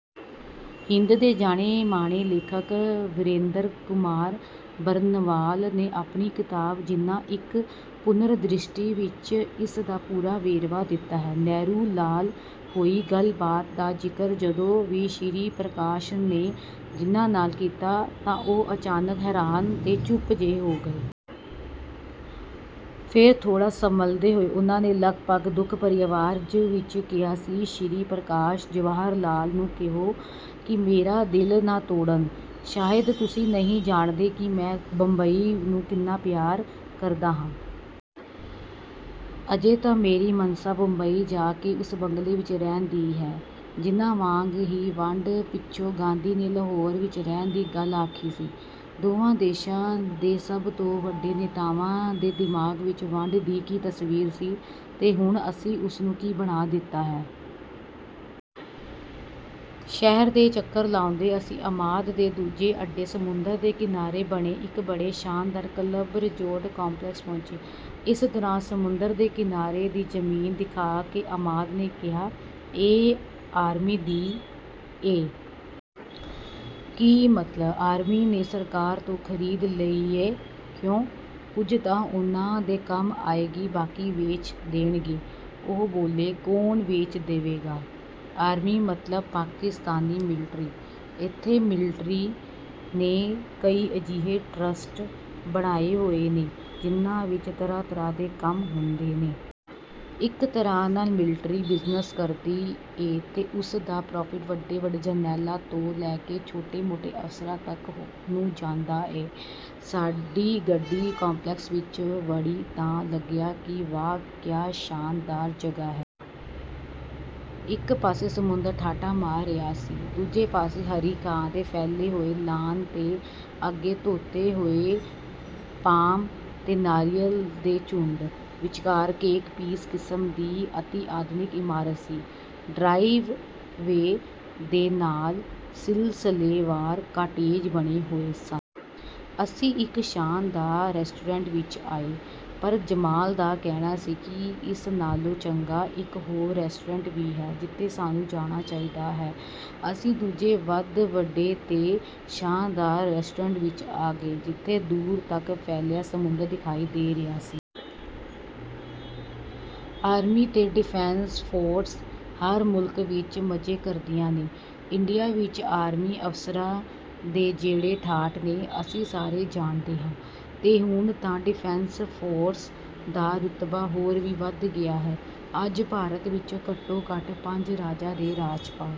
ਹਿੰਦੀ ਦੇ ਜਾਣੇ-ਮਾਣੇ ਲੇਖਕ ਵੀਰੇਂਦਰ ਕੁਮਾਰ ਬਰਨਵਾਲ ਨੇ ਆਪਣੀ ਕਿਤਾਬ 'ਜਿੱਨਾ: ਇੱਕ ਪੁਨਰਦ੍ਰਿਸ਼ਟੀ' ਵਿੱਚ ਇਸ ਦਾ ਪੂਰਾ ਵੇਰਵਾ ਦਿੱਤਾ ਹੈ—"ਨਹਿਰੂ ਨਾਲ ਹੋਈ ਗੱਲਬਾਤ ਦਾ ਜ਼ਿਕਰ ਜਦੋਂ ਵੀ ਸ਼੍ਰੀ ਪ੍ਰਕਾਸ਼ ਨੇ ਜਿੱਨਾ ਨਾਲ ਕੀਤਾ, ਤਾਂ ਉਹ ਅਚਾਨਕ ਹੈਰਾਨ ਤੇ ਚੁੱਪ ਜਿਹੇ ਹੋ ਗਏ। ਫੇਰ ਥੋੜ੍ਹਾ ਸੰਭਲਦੇ ਹੋਏ ਉਹਨਾਂ ਨੇ ਲਗਭਗ ਦੁੱਖ ਭਰੀ ਆਵਾਜ਼ ਵਿੱਚ ਕਿਹਾ ਸੀ, 'ਸ਼੍ਰੀ ਪ੍ਰਕਾਸ਼, ਜਵਾਹਰਲਾਲ ਨੂੰ ਕਹੋ ਕਿ ਮੇਰਾ ਦਿਲ ਨਾ ਤੋੜਨ। ਸ਼ਾਇਦ ਤੁਸੀਂ ਨਹੀਂ ਜਾਣਦੇ ਕਿ ਮੈਂ ਬੰਬਈ ਨੂੰ ਕਿੰਨਾ ਪਿਆਰ ਕਰਦਾ ਹਾਂ। ਅਜੇ ਤਾਂ ਮੇਰੀ ਮੰਸ਼ਾ ਬੰਬਈ ਜਾ ਕੇ ਉਸ ਬੰਗਲੇ ਵਿੱਚ ਰਹਿਣ ਦੀ ਹੈ।'" ਜਿੱਨਾ ਵਾਂਗ ਹੀ ਵੰਡ ਪਿੱਛੋਂ ਗਾਂਧੀ ਨੇ ਲਾਹੌਰ ਵਿੱਚ ਰਹਿਣ ਦੀ ਗੱਲ ਆਖੀ ਸੀ। ਦੋਵਾਂ ਦੇਸ਼ਾਂ ਦੇ ਸਭ ਤੋਂ ਵੱਡੇ ਨੇਤਾਵਾਂ ਦੇ ਦਿਮਾਗ਼ ਵਿੱਚ ਵੰਡ ਦੀ ਕੀ ਤਸਵੀਰ ਸੀ ਤੇ ਹੁਣ ਅਸੀਂ ਉਸਨੂੰ ਕੀ ਬਣਾ ਦਿੱਤਾ ਹੈ। ਸ਼ਹਿਰ ਦੇ ਚੱਕਰ ਲਾਉਂਦੇ ਅਸੀਂ ਅਮਾਦ ਦੇ ਦੂਜੇ ਅੱਡੇ, ਸਮੁੰਦਰ ਦੇ ਕਿਨਾਰੇ ਬਣੇ ਇੱਕ ਬੜੇ ਸ਼ਾਨਦਾਰ ਕਲੱਬ, ਰਿਜ਼ੌਰਟ ਕੰਪਲੈਕਸ ਪਹੁੰਚੇ। ਇਸ ਦੌਰਾਨ ਸਮੁੰਦਰ ਦੇ ਕਿਨਾਰੇ ਦੀ ਜ਼ਮੀਨ ਦਿਖਾ ਕੇ ਅਮਾਦ ਨੇ ਕਿਹਾ, "ਇਹ ਆਰਮੀ ਦੀ ਏ।" "ਕੀ ਮਤਲਬ?" "ਆਰਮੀ ਨੇ ਸਰਕਾਰ ਤੋਂ ਖ਼ਰੀਦ ਲਈ ਏ।" "ਕਿਉਂ?" "ਕੁਝ ਤਾਂ ਉਹਨਾਂ ਦੇ ਕੰਮ ਆਏਗੀ... ਬਾਕੀ ਵੇਚ ਦੇਣਗੇ।" ਉਹ ਬੋਲੇ। "ਕੌਣ ਵੇਚ ਦੇਵੇਗਾ?" "ਆਰਮੀ... ਮਤਲਬ ਪਾਕਿਸਤਾਨੀ ਮਿਲਟਰੀ। ਇੱਥੇ ਮਿਲਟਰੀ ਨੇ ਕਈ ਅਜਿਹੇ ਟਰੱਸਟ ਬਣਾਏ ਹੋਏ ਨੇ, ਜਿਨ੍ਹਾਂ ਵਿੱਚ ਤਰ੍ਹਾਂ-ਤਰ੍ਹਾਂ ਦੇ ਕੰਮ ਹੁੰਦੇ ਨੇ। ਇੱਕ ਤਰ੍ਹਾਂ ਨਾਲ ਮਿਲਟਰੀ ਬਿਜ਼ਨਸ ਕਰਦੀ ਏ ਤੇ ਉਸਦਾ 'ਪ੍ਰਾਫ਼ਿਟ' ਵੱਡੇ-ਵੱਡੇ ਜਰਨੈਲਾਂ ਤੋਂ ਲੈ ਕੇ ਛੋਟੇ-ਮੋਟੇ ਅਫ਼ਸਰਾਂ ਤੱਕ ਨੂੰ ਜਾਂਦਾ ਏ।" ਸਾਡੀ ਗੱਡੀ ਕੰਪਲੈਕਸ ਵਿੱਚ ਵੜੀ ਤਾਂ ਲੱਗਿਆ ਕਿ ਵਾਹ, ਕਿਆ ਸ਼ਾਨਦਾਰ ਜਗ੍ਹਾ ਹੈ। ਇੱਕ ਪਾਸੇ ਸਮੁੰਦਰ ਠਾਠਾਂ ਮਾਰ ਰਿਹਾ ਸੀ। ਦੂਜੇ ਪਾਸੇ ਹਰੀ ਘਾਹ ਦੇ ਫੈਲੇ ਹੋਏ ਲਾਨ ਤੇ ਅੱਗੇ ਧੋਤੇ ਹੋਏ ਪਾਮ ਤੇ ਨਾਰੀਅਲ ਦੇ ਝੁੰਡ। ਵਿਚਕਾਰ 'ਕੇਕ ਪੀਸ' ਕਿਸਮ ਦੀ ਅਤਿ-ਆਧੁਨਿਕ ਇਮਾਰਤ ਸੀ। ਡਰਾਈਵ-ਵੇ ਦੇ ਨਾਲ ਸਿਲਸਿਲੇਵਾਰ ਕਾਟੇਜ ਬਣੇ ਹੋਏ ਸਨ। ਅਸੀਂ ਇੱਕ ਸ਼ਾਨਦਾਰ ਰੈਸਟੋਰੈਂਟ ਵਿੱਚ ਆਏ, ਪਰ ਜਮਾਲ ਦਾ ਕਹਿਣਾ ਸੀ ਕਿ ਇਸ ਨਾਲੋਂ ਚੰਗਾ ਇੱਕ ਹੋਰ ਰੈਸਟੋਰੈਂਟ ਵੀ ਹੈ, ਜਿੱਥੇ ਸਾਨੂੰ ਜਾਣਾ ਚਾਹੀਦਾ ਹੈ। ਅਸੀਂ ਦੂਜੇ, ਵੱਧ ਵੱਡੇ ਤੇ ਸ਼ਾਨਦਾਰ ਰੈਸਟੋਰੈਂਟ ਵਿੱਚ ਆ ਗਏ, ਜਿੱਥੋਂ ਦੂਰ ਤੱਕ ਫੈਲਿਆ ਸਮੁੰਦਰ ਦਿਖਾਈ ਦੇ ਰਿਹਾ ਸੀ। ਆਰਮੀ ਤੇ ਡਿਫੈਂਸ ਫੋਰਸਜ਼ ਹਰ ਮੁਲਕ ਵਿੱਚ ਮਜ਼ੇ ਕਰਦੀਆਂ ਨੇ। ਇੰਡੀਆ ਵਿੱਚ ਆਰਮੀ ਅਫ਼ਸਰਾਂ ਦੇ ਜਿਹੜੇ ਠਾਠ ਨੇ, ਅਸੀਂ ਸਾਰੇ ਜਾਣਦੇ ਹਾਂ। ਤੇ ਹੁਣ ਤਾਂ ਡਿਫੈਂਸ ਫੋਰਸਜ਼ ਦਾ ਰੁਤਬਾ ਹੋਰ ਵੀ ਵਧ ਗਿਆ ਹੈ। ਅੱਜ ਭਾਰਤ ਵਿੱਚ ਘੱਟੋ-ਘੱਟ ਪੰਜ ਰਾਜਾਂ ਦੇ ਰਾਜਪਾਲ...